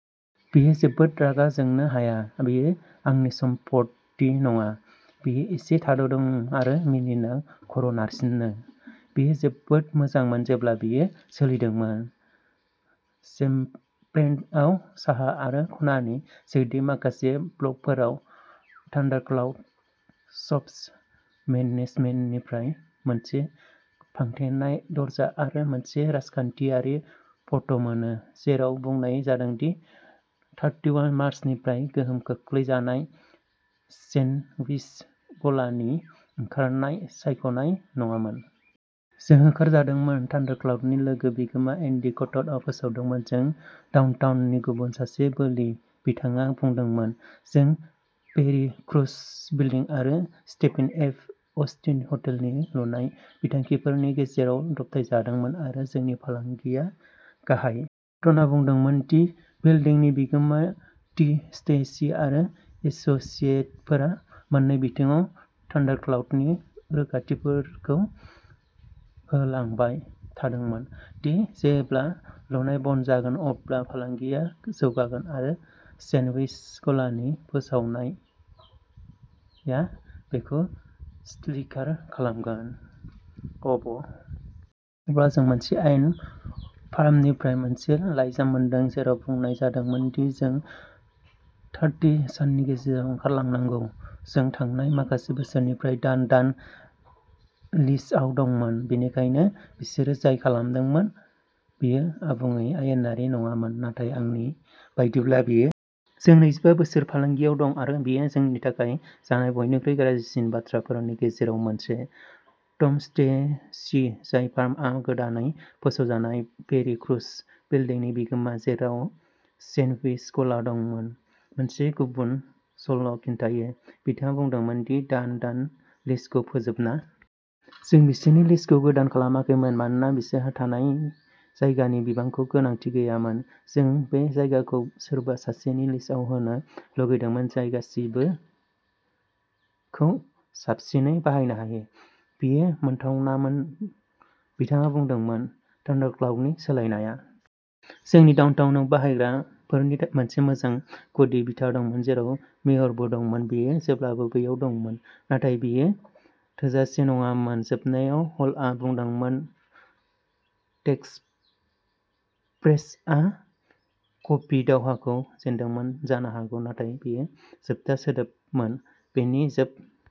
बियो जोबोद रागा जोंनो हाया। बेयो आंनि सम्फथि नङा। "बियो एसे थाद'दों आरो मिनिना खर'नारसिनो।" बेयो जोबोद मोजांमोन जेब्ला बेयो सोलिदोंमोन। सेभेन्थआव साहा आरो ख'नानि सोरगिदिं माखासे ब्लकफोराव, थान्डारक्लाउड सब्स मेनेजमेन्टनिफ्राय मोनसे फांथेनाय दरजा आरो मोनसे राजखानथियारि न'ट मोनो, जेराव बुंनाय जादों दि थामजिसे मार्चनिफ्राय गोहोम खोख्लैजानाय सेन्डविच गलानि ओंखारनाया सायख'नाय नङामोन।" जों होखारजादोंमोन ", थान्डारक्लाउडनि लोगो-बिगोमा एन्डि कटनआ फोसावदोंमोन। " जों डाउनटाउननि गुबुन सासे बोलि ", बिथाङा बुंदोंमोन।" जों पेरी ब्रुक्स बिल्दिं आरो स्टेफेन एफ. अस्टिन हटेलनि लुनाय बिथांखिफोरनि गेजेराव दबथायजादोंमोन, आरो जोंनि फालांगिया गाहायाव, गाहायाव, गाहायाव थांदोंमोन। "कटनआ बुंदोंमोन दि बिल्दिंनि बिगोमा, टी. स्टेसी आरो एस'सिएटफोरा मोन्नै बिथिङाव थान्डारक्लाउडनि रोखाथिफोरखौ होलांबाय थादोंमोनः दि जेब्ला लुनाया बन्द जागोन अब्ला फालांगिया जौगागोन आरो सेन्डविच गलानि फोसाबनाया" बेखौ स्लिकार खालामगोन "। अब्ला, लुनाया बन्द'जादोंमोन आरो फालांगिया थारैनो जौगादोंमोन, नाथाय बिगोमाफोरा थान्डारक्लाउडनि फन कलफोरखौ होफिन्नायखौ बन्द'खालामदोंमोन, कटनआ बुंदोंमोन। अब्ला जों मोनसे आयेन फार्मनिफ्राय मोनसे लाइजाम मोनदोंमोन, जेराव बुंनाय जादोंमोन दि जों थामजि साननि गेजेराव ओंखारलांनांगौ। जों थांनाय माखासे बोसोरनिफ्राय दान-दान लिजआव दंमोन, बेनिखायनो बिसोरो जाय खालामदोंमोन बेयो आबुङै आयेनारि नङामोन, नाथाय आंनि बायदिब्ला बेयो आबुङै नेमखान्थियारि नङामोन", बिथाङा बुंदोंमोन। जों नैजिबा बोसोर फालांगियाव दं आरो बेयो जोंनि थाखाय जानाय बयनिख्रुइ गाज्रिसिन बाथ्राफोरनि गेजेराव मोनसे।" टम स्टेसी, जायनि फार्मआ गोदानै फोसाबनाय पेरी ब्रुक्स बिल्डिंनि बिगोमा, जेराव सेन्डविच गला दंमोन, मोनसे गुबुन सल'खिन्थायो। बिथाङा बुंदोंमोन दि दान-दान लिजखौ फोजोबनायनि थिरांथाआ गोख्रोङै रांखान्थियारिमोन। "जों बिसोरनि लिजखौ गोदान खालामाखैमोन मानोना बिसोरहा थानाय जायगानि बिबांखौ गोनांथि गैयामोन। जों बे जायगाखौ सोरबा सासेनो लिजआव होनो लुबैदोंमोन जाय गासिबोखौ साबसिनै बाहायनो हायो। बेयो मोनथावनामोन ", बिथाङा बुंदोंमोन। थन्डारक्लाउडनि सोलायनाया, स्टेसिया दाजाबदेरदोंमोन, दि मानि बक्स जागोन, मोनसे हायुंआरि चेक-केशिं चेन। जोंनि डाउनटाउनआव बायग्राफोरनि मोनसे मोजां गुदि बिथा दंमोन, जेराव मेयरबो दंमोन-- बियो जेब्लाबो बैयाव दंमोन-- नाथाय बेयो थोजासे नङामोन। "जोबनायाव, हलआ बुंदोंमोन, टेक्सस्प्रेस'आ कफि दावहाखौ जेनदोंमोन जानो हागौ, नाथाय बेयो जोबथा सोदोबमोन। बेनि जोबथा नै दानाव, बिगोमाफोरा सिगाङाव मोनसे सेन्डविच ब'र्ड दोनो।